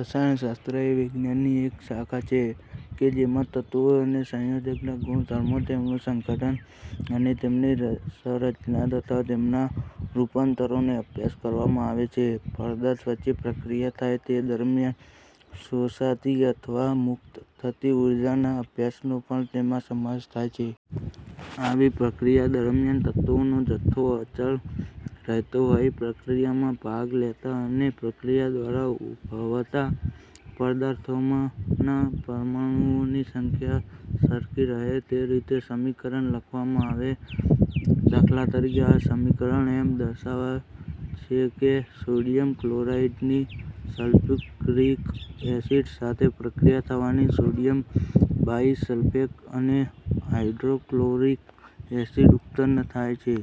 રસાયણ શાસ્ત્ર એ વિજ્ઞાનની એક શાખા છે કે જેમાં તત્વો અને સંયોજનોના ગુણધર્મો, તેમનું સંઘટન અને તેમની સંરચના તથા તેમનાં રૂપાંતરોનો અભ્યાસ કરવામાં આવે છે. પદાર્થ વચ્ચે પ્રક્રિયા થાય તે દરમિયાન શોષાતી અથવા મુક્ત થતી ઊર્જાના અભ્યાસનો પણ તેમાં સમાવેશ થાય છે. આવી પ્રક્રિયા દરમિયાન તત્વોનો જથ્થો અચળ રહેતો હોઈ પ્રક્રિયામાં ભાગ લેતા અને પ્રક્રિયા દ્વારા ઉદભવતા પદાર્થોમાંના પરમાણુઓની સંખ્યા સરખી રહે તે રીતે સમીકરણ લખવામાં આવે છે; દા. ત., આ સમીકરણ એમ દર્શાવે છે કે સોડિયમ ક્લોરાઈડ ની સલ્ફ્યુરિક ઍસિડ સાથે પ્રક્રિયા થવાથી સોડિયમ બાઇસલ્ફેટ અને હાઇડ્રોક્લોરિક ઍસિડ ઉત્પન્ન થાય છે.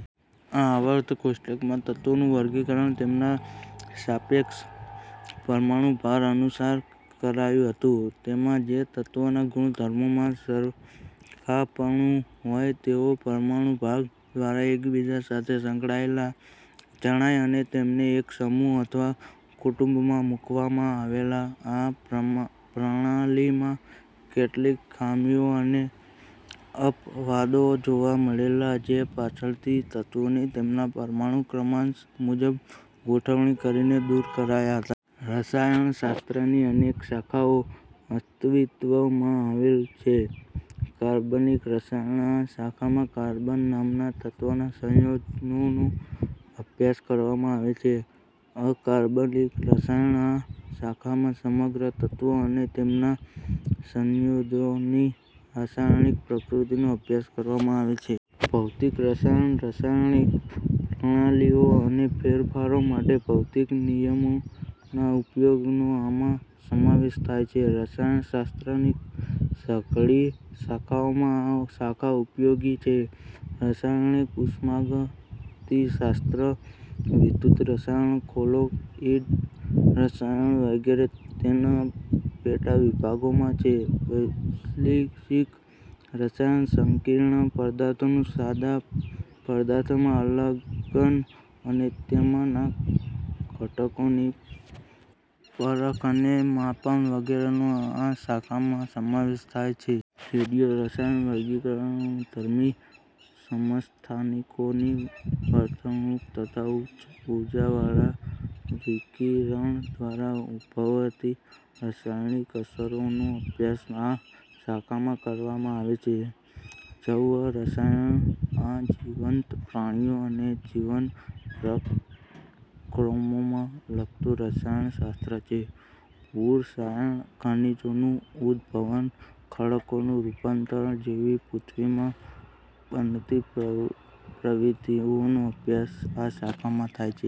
આ આવર્ત કોષ્ટકમાં તત્વોનું વર્ગીકરણ તેમના સાપેક્ષ પરમાણુભાર અનુસાર કરાયું હતું. તેમાં જે તત્વોના ગુણધર્મોમાં સરખાપણું હોય તેઓ પરમાણુભાર દ્વારા એકબીજા સાથે સંકળાયેલા જણાયા અને તેમને એક સમૂહ અથવા કુટુંબમાં મૂકવામાં આવેલા. આ પ્રણાલીમાં કેટલીક ખામીઓ અને અપવાદો જોવા મળેલા, જે પાછળથી તત્વોની તેમના પરમાણુ ક્રમાંક મુજબ ગોઠવણી કરીને દૂર કરાયા હતા. રસાયણ શાસ્ત્રની અનેક શાખાઓ અસ્તિત્વમાં આવેલ છે: કાર્બનિક રસાયણ: આ શાખામાં કાર્બન નામના તત્વનાં સંયોજનોનો અભ્યાસ કરવામાં આવે છે. અકાર્બનિક રસાયણ: આ શાખામાં સમગ્ર તત્વો અને તેમનાં સંયોજનોની રાસાયણિક પ્રકૃતિનો અભ્યાસ કરવામાં આવે છે. ભૌતિક રસાયણ: રાસાયણિક પ્રણાલિઓ અને ફેરફારો માટે ભૌતિક નિયમોના ઉપયોગનો આમાં સમાવેશ થાય છે. રસાયણ શાસ્ત્રની સઘળી શાખાઓમાં આ શાખા ઉપયોગી છે. રાસાયણિક ઉષ્માગતિશાસ્ત્ર, વિદ્યુત-રસાયણ, કૉલોઇડ રસાયણ વગેરે તેના પેટાવિભાગો છે. વૈશ્લેષિક રસાયણ: સંકીર્ણ પદાર્થોનું સાદા પદાર્થોમાં અલગન અને તેમાંના ઘટકોની પરખ અને માપન વગેરેનો આ શાખામાં સમાવેશ થાય છે. રેડિયો-રસાયણ: વિકિરણધર્મી સમસ્થાનિકોની વર્તણૂક તથા ઉચ્ચ ઊર્જાવાળાં વિકિરણ દ્વારા ઉદભવતી રાસાયણિક અસરોનો અભ્યાસ આ શાખામાં કરવામાં આવે છે. જૈવરસાયણ: આ જીવંત પ્રાણીઓ અને જીવન-પ્રક્રમોને લગતું રસાયણ શાસ્ત્ર છે. ભૂરસાયણ: ખનિજોનું ઉદભવન, ખડકોનું રૂપાંતરણ જેવી પૃથ્વીમાં બનતી પ્રવિધિઓનો અભ્યાસ આ શાખામાં થાય છે.